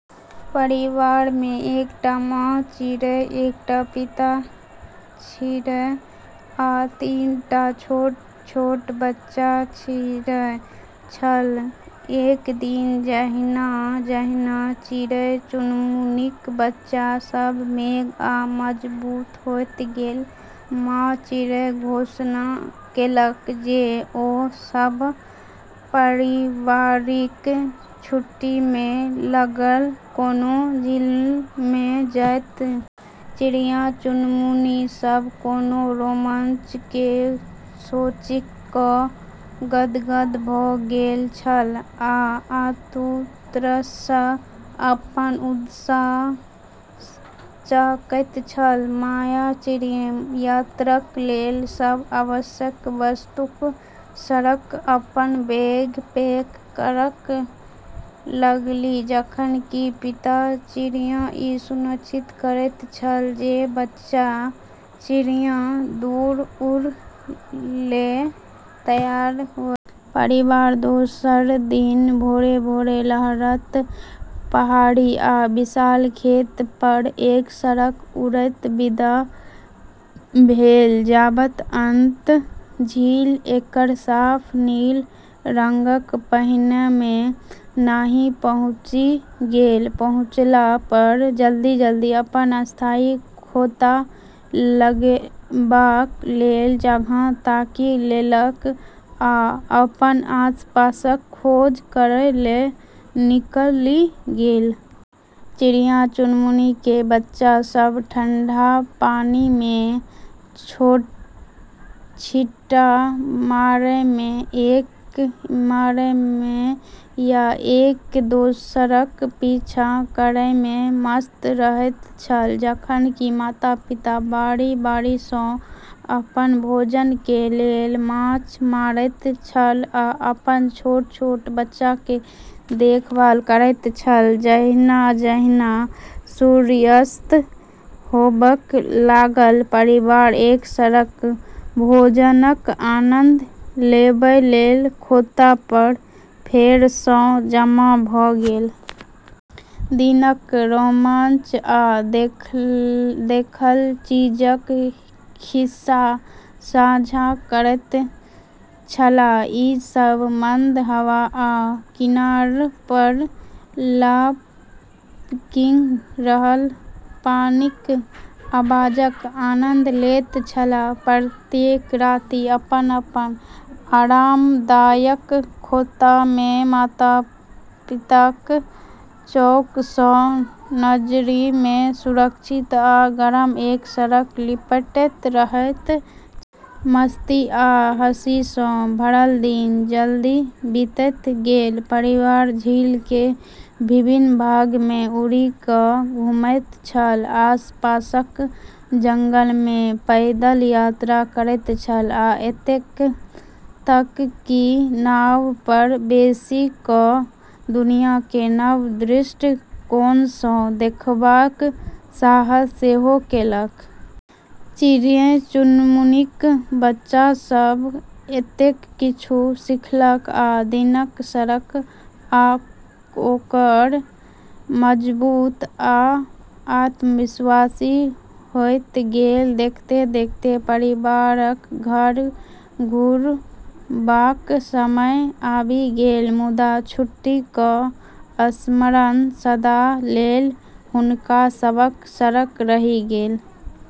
परिवारमे एकटा माँ चिड़ै, एकटा पिता चिड़ै आ तीन टा छोट-छोट बच्चा चिड़ै छल। एक दिन जहिना-जहिना चिड़ै-चुनमुनीक बच्चा सभ पैघ आ मजबूत होइत गेल, माँ चिड़ै घोषणा केलक जे ओ सभ पारिवारिक छुट्टीमे लगक कोनो झीलमे जाइत । चिड़ै-चुनमुनी सभ कोनो रोमांचके सोचि क' गदगद भ' गेल छल आ आतुरतासँ अपन उत्साहसँ चहकैत छल । माय चिड़ै यात्राक लेल सब आवश्यक वस्तुक सङ्ग अपन बैग पैक करय लगलीह, जखन कि पिता चिड़ै ई सुनिश्चित करैत छल जे बच्चा चिड़ै दूर उड़य लेल तैयार हुए । परिवार दोसर दिन भोरे-भोर लहरैत पहाड़ी आ विशाल खेत पर एक सङ्ग उड़ैत विदा भेल जाबत अंततः झील केर साफ नील रंगक पानिमे नहि पहुँचि गेल। पहुँचला पर जल्दी-जल्दी अपन अस्थायी खोता लगेबाक लेल जगह ताकि लेलक आ अपन आसपासक खोज करय लेल निकलि गेल। चिड़ै-चुनमुनीके बच्चा सब ठंडा पानिमे छींटा मारयमे या एक-दोसरक पीछा करयमे मस्त रहैत छल, जखन कि माता-पिता बारी-बारीसँ अपन भोजनके लेल माछ मारैत छल आ अपन छोट-छोट बच्चाके देखभाल करैत छल । जहिना-जहिना सूर्यास्त होबय लागल, परिवार एक सङ्ग भोजनक आनंद लेबय लेल खोता पर फेरसँ जमा भ' गेल । दिनक रोमांच आ देखल चीजक खिस्सा साझा करैत छलाह, ई सब मंद हवा आ किनार पर लपकि रहल पानिक आवाजक आनंद लैत छलाह. प्रत्येक राति अपन-अपन आरामदायक खोतामे, माता-पिताक चौकसँ नजरिमे सुरक्षित आ गर्म, एक सङ्ग लिपटैत रहैत छल। मस्ती आ हँसीसँ भरल दिन जल्दी बीतैत गेल। परिवार झीलके विभिन्न भागमे उड़ि क' घुमैत छल, आसपासक जंगलमे पैदल यात्रा करैत छल, आ एतय तक कि नाव पर बैसि क' दुनियाकेँ नव दृष्टिकोणसँ देखबाक साहस सेहो केलक । चिड़ै-चुनमुनीक बच्चा सभ एतेक किछु सीखलक आ दिनक सङ्ग आओर मजबूत आ आत्मविश्वासी होइत गेल। देखैत-देखैत परिवारक घर घुरबाक समय आबि गेल, मुदा छुट्टीक स्मरण सदाक लेल हुनका सभक सङ्ग रहि गेल ।